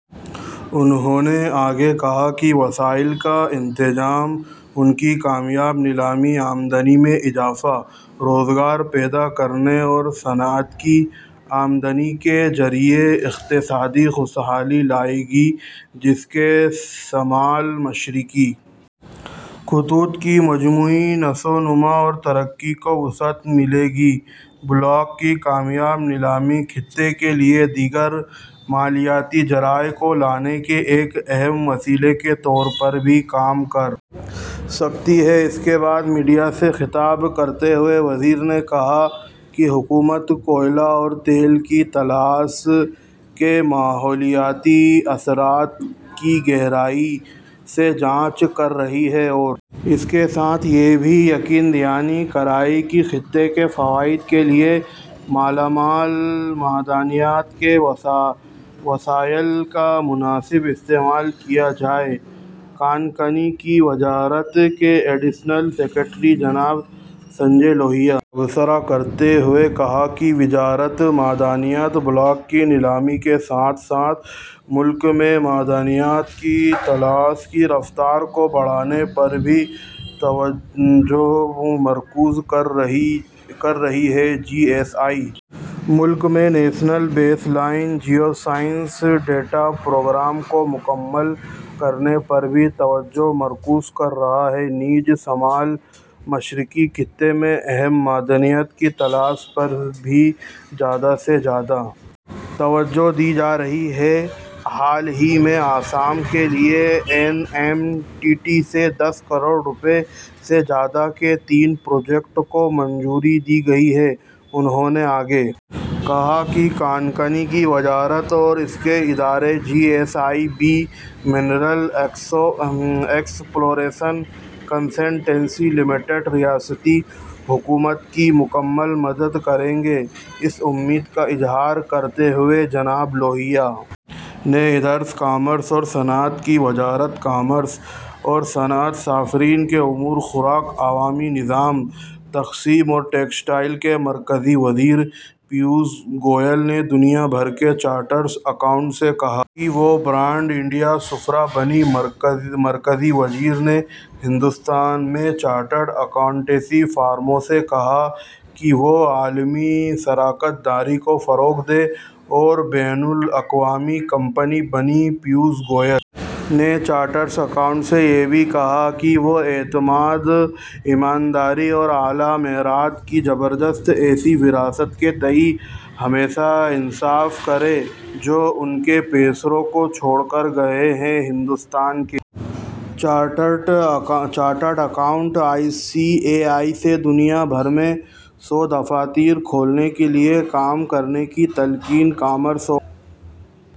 انہوں نے آگے کہا کہ وسائل کا انتظام اور ان کی کامیاب نیلامی آمدنی میں اضافہ روزگار پیدا کرنے اور صنعت کی آمد کے ذریعہ اقتصادی خوشحالی لائے گی جس سے شمال مشرقی خطوں کی مجموعی نشوونما اور ترقی کو وسعت ملے گی بلاکوں کی کامیاب نیلامی خطے کے لیے دیگر مالیاتی ذرائع کو لانے کے لیے ایک اہم وسیلے کے طور پر بھی کام کر سکتی ہے اس کے بعد میڈیا سے خطاب کرتے ہوئے مرکزی وزیر نے کہا کہ حکومت کوئلہ اور تیل کی تلاش کے ماحولیاتی اثرات کی بھی گہرائی سے جانچ کر رہی ہے اور اس کے ساتھ ہی یہ بھی یقین دہانی کرائی کہ خطے کے فوائد کے لیے مالامال معدنیات کے وسائل کا مناسب استعمال کیا جائے کانکنی کی وزارت کے ایڈیشنل سکریٹری جناب سنجے لوہیا نے تبصرہ کرتے ہوئے کہا کہ وزارت معدنیاتی بلاکوں کی نیلامی کے ساتھ ساتھ ملک میں معدنیات کی تلاش کی رفتار کو بڑھانے پر بھی توجہ مرکوز کر رہی ہے جی ایس آئی ملک میں national baseline geoscience data generation programme کو مکمل کرنے پر بھی توجہ مرکوز کر رہا ہے نیز شمال مشرقی خطے میں اہم معدنیات کی تلاش پر بھی زیادہ سے زیادہ توجہ دی جا رہی ہے حال ہی میں آسام کے لیے N A M E T سے دس کروڑ روپے سے زیادہ کے تین پروجیکٹوں کو منظوری دی گئی ہے انہوں نے آگے کہا کہ کانکنی کی وزارت اور اس کے ادارے G S I I B mineral exploration consultancy limited ریاستی حکومتوں کی مکمل مدد کریں گے اس امید کا اظہار کرتے ہوئے جناب لوہیا نے ادھر کامرس اور صنعت کی وزارت کامرس اور صنعت صارفین کے امور خوراک عوامی نظام تقسیم اور ٹیکسٹائل کے مرکزی وزیر پیوش گوئل نے دنیا بھر کے چارٹرڈ اکاؤنٹنٹس سے کہا ہے کہ وہ برانڈ انڈیا کے سفراء بنیں مرکزی وزیر نے ہندوستان میں چارٹرڈ اکاؤنٹینسی فرموں سے کہا ہے کہ وہ عالمی شراکت داری کو فروغ دیں اور بین الاقوامی کمپنیاں بنیں پیوش گوئل نے چارٹرڈ اکاؤنٹنٹس سے یہ بھی کہا کہ وہ اعتماد ایمانداری اور اعلیٰ معیارات کی زبردست ایسی وراثت کے تئیں ہمیشہ انصاف کریں جو ان کے پیشرو چھوڑ کر گئے ہیں ہندوستان کے chartered accountants I C A I سے دنیا بھر میں سو دفاتر کھولنے کے لیے کام کرنے کی تلقین کامرس اور